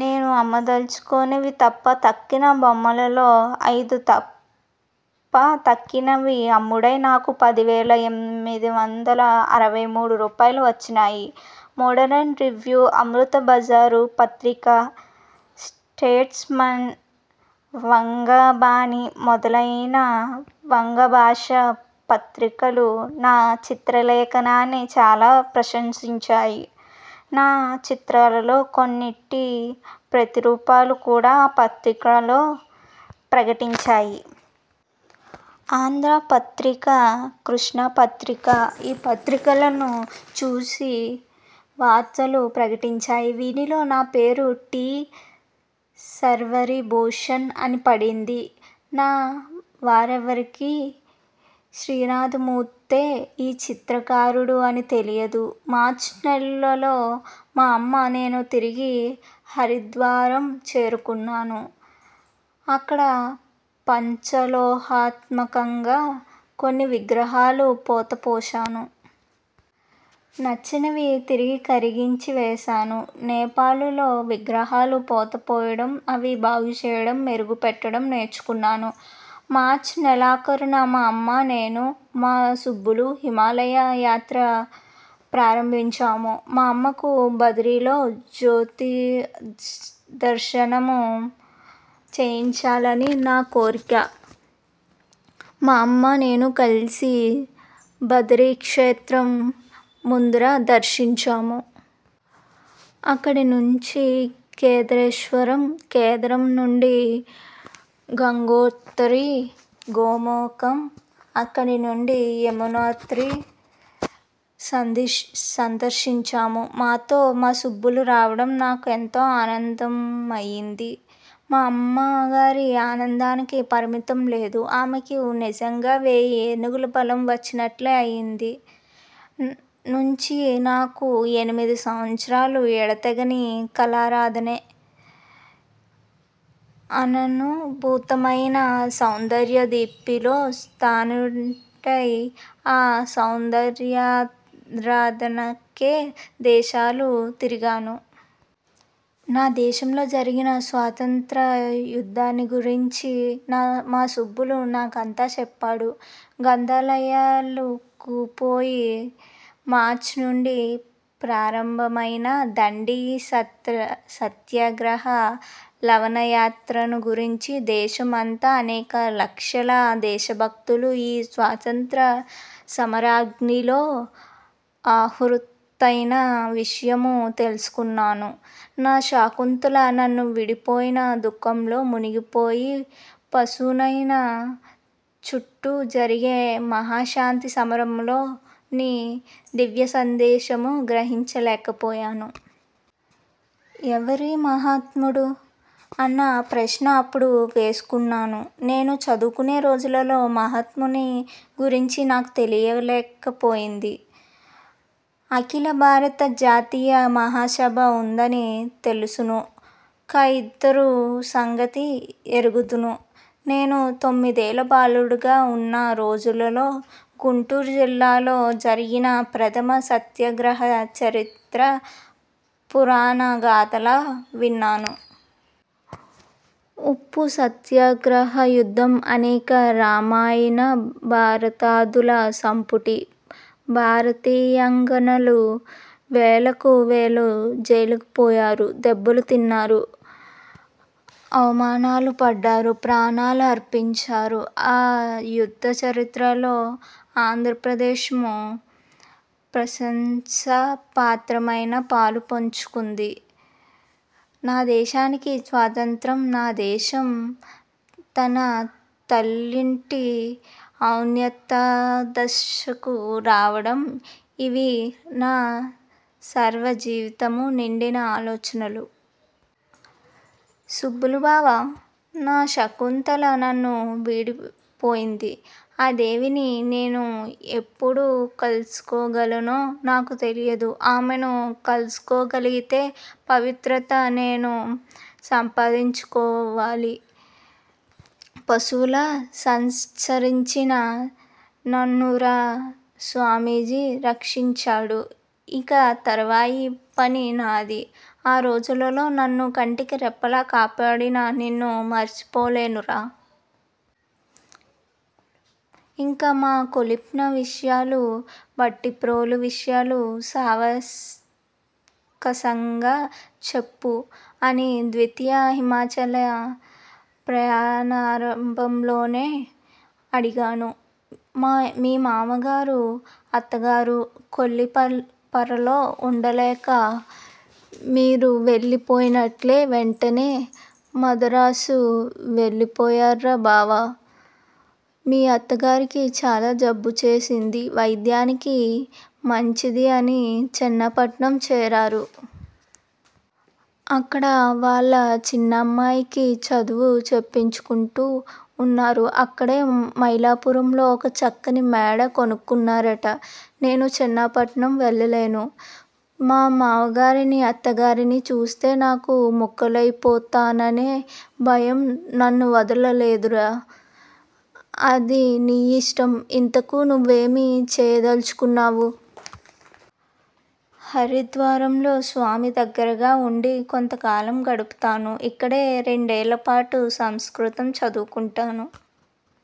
నేను అమ్మదలచుకోనివి తప్ప తక్కిన బొమ్మలలో అయిదు తప్ప తక్కినవీ అమ్ముడై నాకు పదివేల ఎనిమిది వందల అరవై మూడు రూపాయలు వచ్చినాయి. మోడరిన్ రివ్యూ, అమృతబజారు పత్రిక, స్టేట్సు మన్, వంగబాణి మొదలైన వంగ భాషా పత్రికలు నా చిత్రలేఖనాన్ని చాలా ప్రశంసించాయి. నా చిత్రాలలో కొన్నిటి ప్రతిరూపాలు కూడా ఆ పత్రికలో ప్రకటించాయి. ఆంధ్రపత్రిక, కృష్ణాపత్రిక, ఈ పత్రికలను చూచి వార్తలు ప్రకటించాయి. వీటిలో నా పేరు టి. శర్వరీభూషణ్ అని పడింది. నా వారెవ్వరికీ శ్రీనాథమూర్తే ఈ చిత్రకారుడు అని తెలియదు. మార్చినెలలో మా అమ్మా, నేనూ తిరిగి హరిద్వారం చేరుకున్నాము. అక్కడ పంచలోహాత్మకంగా కొన్ని విగ్రహాలు పోతపోశాను. నచ్చనివి తిరిగి కరిగించి వేశాను. నేపాలులో విగ్రహాలు పోతపోయడం, అవి బాగుచెయ్యడం, మెరుగు పెట్టడం నేర్చుకున్నాను. మార్చి నెలాఖరున మా అమ్మా, నేనూ, మా సుబ్బులు హిమాలయ యాత్ర ప్రారంభించాము. మా అమ్మకు బదరిలో జ్యోతిర్దర్శనము చేయించాలని నా కోర్కె. మా అమ్మ, నేనూ కలిసి బదరీక్షేత్రం ముందర దర్శించాము. అక్కడినుండి కేదారేశ్వరం, కేదారంనుండి గంగోడ్తరి, గోముఖం, అక్కడినుండి యమునోత్తరి సందర్శించాము. మాతో మా సుబ్బులు రావడం నా కెంతో ఆనందమయింది. మా అమ్మగారి ఆనందానికి పరిమితిలేదు. ఆమెకు నిజంగా వేయి ఏనుగుల బలం వచ్చినట్లే అయింది. నుంచి నాకు ఎనిమిది సంవత్సరాలు ఎడతెగని కళారాధనే. అననుభూతమైన సౌందర్యదీప్తిలో స్నాతుడనై ఆ సౌందర్యారాధనకే దేశాలు తిరిగాను. నా దేశంలో జరిగిన స్వాతంత్ర్య యుద్దాన్ని గూర్చి మా సుబ్బులు నాకంతా చెప్పాడు. గ్రంథాలయాలకుపోయి మార్చి నుండి ప్రారంభమైన దండి సత్యాగ్రహ లవణయాత్రనుగూర్చీ, దేశం అంతా అనేక లక్షల దేశభక్తులు ఈ స్వాతంత్ర్య సమరాగ్నిలో ఆహుతైన విషయమూ తెలుసుకొన్నాను. నా శకుంతల నన్ను విడిపోయిన దుఃఖంలో మునిగిపోయి, పశువునైనా చుట్టూ జరిగే మహాశాంతి సమరంలోని దివ్యసందేశము గ్రహించలేకపోయాను. ' ఎవ్వరీ మహాత్ముడు? ' అన్న ప్రశ్న అప్పుడు వేసుకున్నాను. నేను చదువుకునే రోజులలో మహాత్ముని గురించి నాకు తెలియకపోలేదు. అఖిలభారత జాతీయ మహాసభ ఉందనీ తెలుసును. ఖద్దరు సంగతీ ఎరుగుదును. నేను తొమ్మిదేళ్ళ బాలుడుగా ఉన్న రోజులలో గుంటూరు జిల్లాలో జరిగిన ప్రథమ సత్యాగ్రహ చరిత్ర పూరాణగాథలా విన్నాను. ఉప్పు సత్యాగ్రహ యుద్ధం అనేక రామాయణ భారతాదుల సంపుటి! భారతీయాంగనలు వేలకు వేలు జైళ్ళకుపోయారు. దెబ్బలు తిన్నారు, అవమానాలు పడ్డారు, ప్రాణాలు అర్పించారు. ఆ యుద్దచరిత్రలో ఆంధ్రదేశమూ ప్రశంసాపాత్రమైన పాలు పుచ్చుకుంది. నా దేశానికి స్వాతంత్ర్యం, నాదేశం తన తొల్లింటి ఔన్నత్యదశకు రావడం ఇవి నా సర్వజీవితమూ నిండిన ఆలోచనలు. '' సుబ్బులుబావా! నా శకుంతల నన్ను వీడిపోయింది. ఆ దేవిని నేను ఎప్పుడు కలుసుకోగాలనో నాకు తెలియదు. ఆమెను కలుసుకోగలిగే పవిత్రత నేను సంపాదించుకోవాలి. పశువులా సంచరించిన ననుర స్వామీజీ రక్షించాడు. ఇంక తరువాయి పని నాది. ఆ రోజుల్లో నన్ను కంటికి రెప్పలా కాపాడిన నిన్ను మరచిపోలేనురా! యింక మా కొల్లిప్న విషయాలు, భట్టిప్రోలు విషయాలు సావకాశంగా చెప్పు'' అని ద్వితీయ హిమాచల ప్రయాణారంభంలోనే అడిగాను. '' మీ మామగారూ, అత్తగారు కొల్లిపరలో ఉండలేక, మీరు వెళ్ళి పోయినట్లే వెంటనే మదరాసు వెళ్ళిపోయారురాబావా! మీ అత్తగారికి చాలా జబ్బు చేసింది. వైద్యానికి మంచిది అని చెన్నపట్నం చేరారు. అక్కడ వాళ్ళ చిన్నమ్మాయికి చదువు చెప్పించుకుంటూ ఉన్నారు. అక్కడే మైలాపురంలో ఒక చక్కని మేడ కొనుక్కున్నారట! '''' నేను చెన్నపట్నం వెళ్ళలేను. మా మావగారినీ, అత్తగారినీ చూస్తే నేను ముక్కలయిపోతాననే భయం నన్నువదలలేదురా! '''' అది నీ యిష్టం. ఇంతకూ నువ్వేమి చేయదలచుకున్నావు? '''' హరిద్వారంలో స్వామిదగ్గరగా ఉండి కొంతకాలం గడుపుతాను. ఇక్కడ రెండేళ్ళపాటు సంస్కృతం చదువుకొంటాను.